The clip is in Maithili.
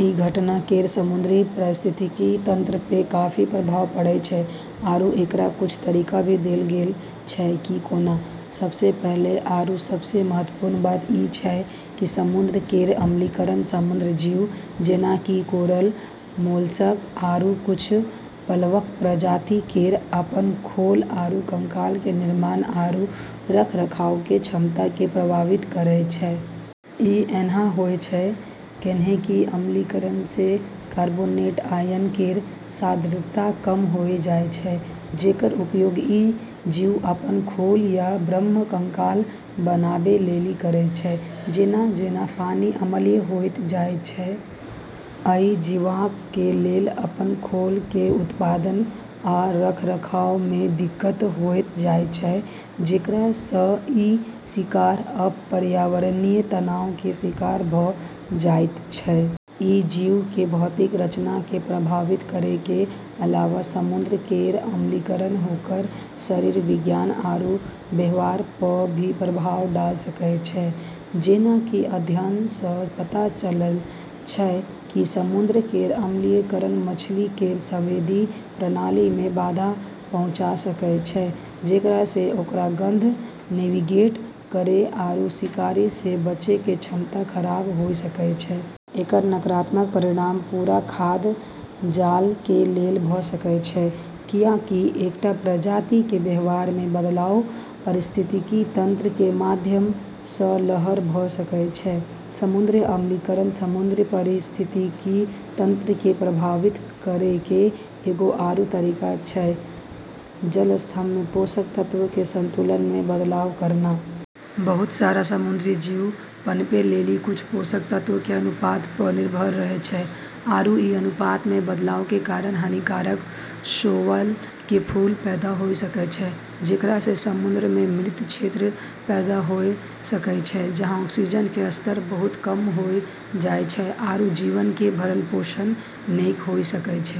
ई घटना केरऽ समुद्री पारिस्थितिकी तंत्र प॑ काफी प्रभाव पड़ै छै, आरू एकरऽ कुछ तरीका भी देलऽ गेलऽ छै कि कोना। सबसें पहलऽ आरू सबसें महत्वपूर्ण बात ई छै कि समुद्र केरऽ अम्लीकरण समुद्री जीव, जेना कि कोरल, मोलस्क, आरू कुछ प्लवक प्रजाति केरऽ अपनऽ खोल आरू कंकाल के निर्माण आरू रखरखाव के क्षमता क॑ प्रभावित करै छै। ई ऐन्हऽ होय छै, कैन्हेंकि अम्लीकरण स॑ कार्बोनेट आयन केरऽ सांद्रता कम होय जाय छै, जेकरऽ उपयोग ई जीव अपनऽ खोल या बाह्य कंकाल बनाबै लेली करै छै। जेना-जेना पानी अम्लीय होयत जायत छै, अइ जीवक कें लेल अपन खोल कें उत्पादन आ रखरखाव मे दिक्कत होयत जायत छै, जेकरा सं इ शिकार आ पर्यावरणीय तनाव कें शिकार भ जायत छै. ई जीवऽ के भौतिक संरचना क॑ प्रभावित करै के अलावा समुद्र केरऽ अम्लीकरण ओकरऽ शरीर विज्ञान आरू व्यवहार प॑ भी प्रभाव डाल॑ सकै छै। जेना कि अध्ययनऽ स॑ पता चललै छै कि समुद्र केरऽ अम्लीकरण मछली केरऽ संवेदी प्रणाली म॑ बाधा पहुँचा सकै छै, जेकरा स॑ ओकरऽ गंध, नेविगेट करै आरू शिकारी स॑ बचै के क्षमता खराब होय सकै छै। एकर नकारात्मक परिणाम पूरा खाद्य जाल कें लेल भ सकय छै, कियाकि एकटा प्रजाति कें व्यवहार मे बदलाव पारिस्थितिकी तंत्र कें माध्यम सं लहर भ सकय छै. समुद्री अम्लीकरण समुद्री पारिस्थितिकी तंत्र क॑ प्रभावित करै के एगो आरू तरीका छै जल स्तंभ म॑ पोषक तत्वऽ के संतुलन म॑ बदलाव करना। बहुत सारा समुद्री जीव पनपै लेली कुछ पोषक तत्वऽ के अनुपात प॑ निर्भर रहै छै, आरू ई अनुपातऽ म॑ बदलाव के कारण हानिकारक शैवाल के फूल पैदा होय सकै छै, जेकरा स॑ समुद्र म॑ मृत क्षेत्र पैदा होय सकै छै, जहाँ ऑक्सीजन के स्तर बहुत कम होय जाय छै आरू जीवन के भरण-पोषण नै होय सकै छै।